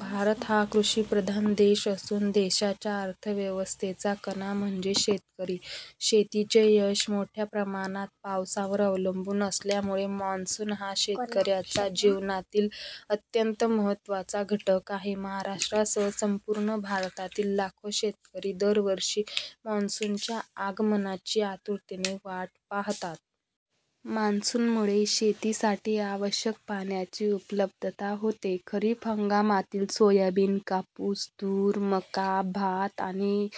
भारत हा कृषिप्रधान देश असून देशाच्या अर्थव्यवस्थेचा कणा म्हणजे शेतकरी. शेतीचे यश मोठ्या प्रमाणात पावसावर अवलंबून असल्यामुळे मान्सून हा शेतकऱ्यांच्या जीवनातील अत्यंत महत्त्वाचा घटक आहे. महाराष्ट्रासह संपूर्ण भारतातील लाखो शेतकरी दरवर्षी मान्सूनच्या आगमनाची आतुरतेने वाट पाहतात. मान्सूनमुळे शेतीसाठी आवश्यक पाण्याची उपलब्धता होते. खरीप हंगामातील सोयाबीन, कापूस, तूर, मका, भात आणि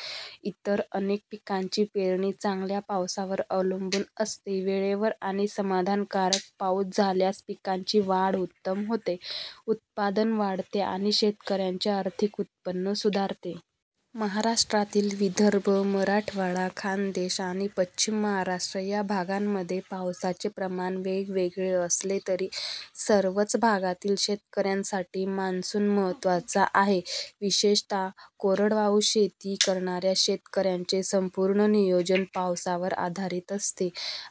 इतर अनेक पिकांची पेरणी चांगल्या पावसावर अवलंबून असते. वेळेवर आणि समाधानकारक पाऊस झाल्यास पिकांची वाढ उत्तम होते, उत्पादन वाढते आणि शेतकऱ्यांचे आर्थिक उत्पन्न सुधारते. महाराष्ट्रातील विदर्भ, मराठवाडा, खानदेश आणि पश्चिम महाराष्ट्र या भागांमध्ये पावसाचे प्रमाण वेगवेगळे असले तरी सर्वच भागांतील शेतकऱ्यांसाठी मान्सून महत्त्वाचा आहे. विशेषतः कोरडवाहू शेती करणाऱ्या शेतकऱ्यांचे संपूर्ण नियोजन पावसावर आधारित असते.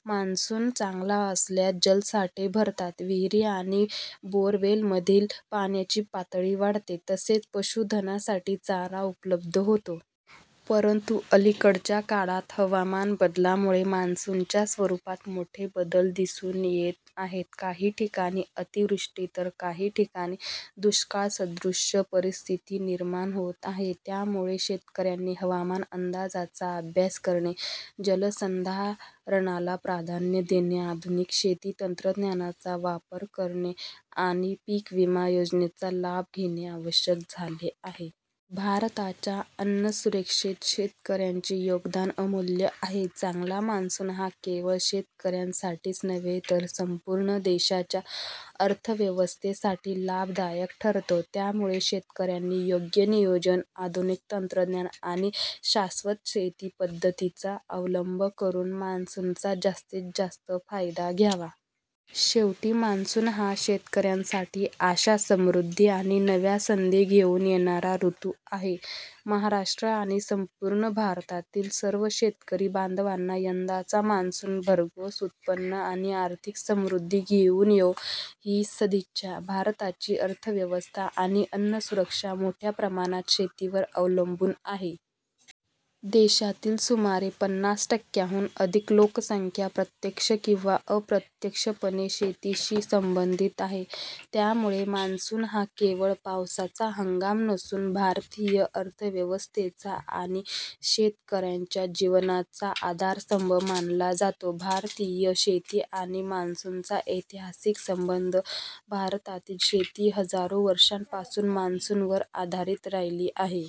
मान्सून चांगला असल्यास जलसाठे भरतात, विहिरी आणि बोअरवेलमधील पाण्याची पातळी वाढते, तसेच पशुधनासाठी चारा उपलब्ध होतो. परंतु अलिकडच्या काळात हवामान बदलामुळे मान्सूनच्या स्वरूपात मोठे बदल दिसून येत आहेत. काही ठिकाणी अतिवृष्टी तर काही ठिकाणी दुष्काळसदृश परिस्थिती निर्माण होत आहे. त्यामुळे शेतकऱ्यांनी हवामान अंदाजाचा अभ्यास करणे, जलसंधारणाला प्राधान्य देणे, आधुनिक शेती तंत्रज्ञानाचा वापर करणे आणि पीक विमा योजनेचा लाभ घेणे आवश्यक झाले आहे. भारताच्या अन्नसुरक्षेत शेतकऱ्यांचे योगदान अमूल्य आहे. चांगला मान्सून हा केवळ शेतकऱ्यांसाठीच नव्हे तर संपूर्ण देशाच्या अर्थव्यवस्थेसाठी लाभदायक ठरतो. त्यामुळे शेतकऱ्यांनी योग्य नियोजन, आधुनिक तंत्रज्ञान आणि शाश्वत शेती पद्धतींचा अवलंब करून मान्सूनचा जास्तीत जास्त फायदा घ्यावा. शेवटी, मान्सून हा शेतकऱ्यांसाठी आशा, समृद्धी आणि नव्या संधी घेऊन येणारा ऋतू आहे. महाराष्ट्र आणि संपूर्ण भारतातील सर्व शेतकरी बांधवांना यंदाचा मान्सून भरघोस उत्पादन आणि आर्थिक समृद्धी घेऊन येवो, हीच सदिच्छा. भारताची अर्थव्यवस्था आणि अन्नसुरक्षा मोठ्या प्रमाणात शेतीवर अवलंबून आहे. देशातील सुमारे पनास टक्क्यांहून अधिक लोकसंख्या प्रत्यक्ष किंवा अप्रत्यक्षपणे शेतीशी संबंधित आहे. त्यामुळे मान्सून हा केवळ पावसाचा हंगाम नसून भारतीय अर्थव्यवस्थेचा आणि शेतकऱ्यांच्या जीवनाचा आधारस्तंभ मानला जातो. भारतीय शेती आणि मान्सूनचा ऐतिहासिक संबंध भारतातील शेती हजारो वर्षांपासून मान्सूनवर आधारित राहिली आहे.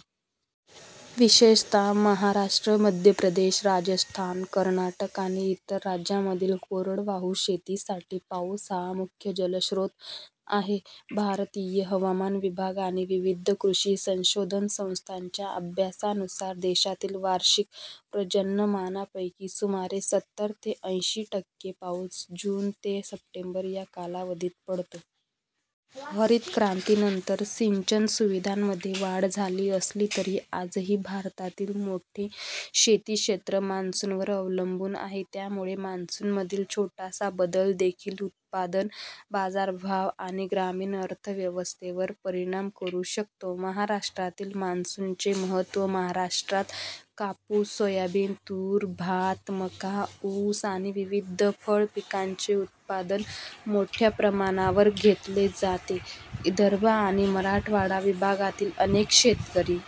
विशेषतः महाराष्ट्र, मध्य प्रदेश, राजस्थान, कर्नाटक आणि इतर अनेक राज्यांमधील कोरडवाहू शेतीसाठी पाऊस हा मुख्य जलस्रोत आहे. भारतीय हवामान विभाग आणि विविध कृषी संशोधन संस्थांच्या अभ्यासानुसार, देशातील वार्षिक पर्जन्यमानापैकी सुमारे सत्तर ते अंशी टक्के पाऊस जून ते सप्टेंबर या कालावधीत पडतो. हरित क्रांतीनंतर सिंचन सुविधांमध्ये वाढ झाली असली तरी आजही भारतातील मोठे शेती क्षेत्र मान्सूनवर अवलंबून आहे. त्यामुळे मान्सूनमधील छोटासा बदलदेखील उत्पादन, बाजारभाव आणि ग्रामीण अर्थव्यवस्थेवर परिणाम करू शकतो. महाराष्ट्रातील मान्सूनचे महत्त्व महाराष्ट्रात कापूस, सोयाबीन, तूर, भात, मका, ऊस आणि विविध फळपिकांचे उत्पादन मोठ्या प्रमाणावर घेतले जाते. विदर्भ आणि मराठवाडा विभागातील अनेक शेतकरी--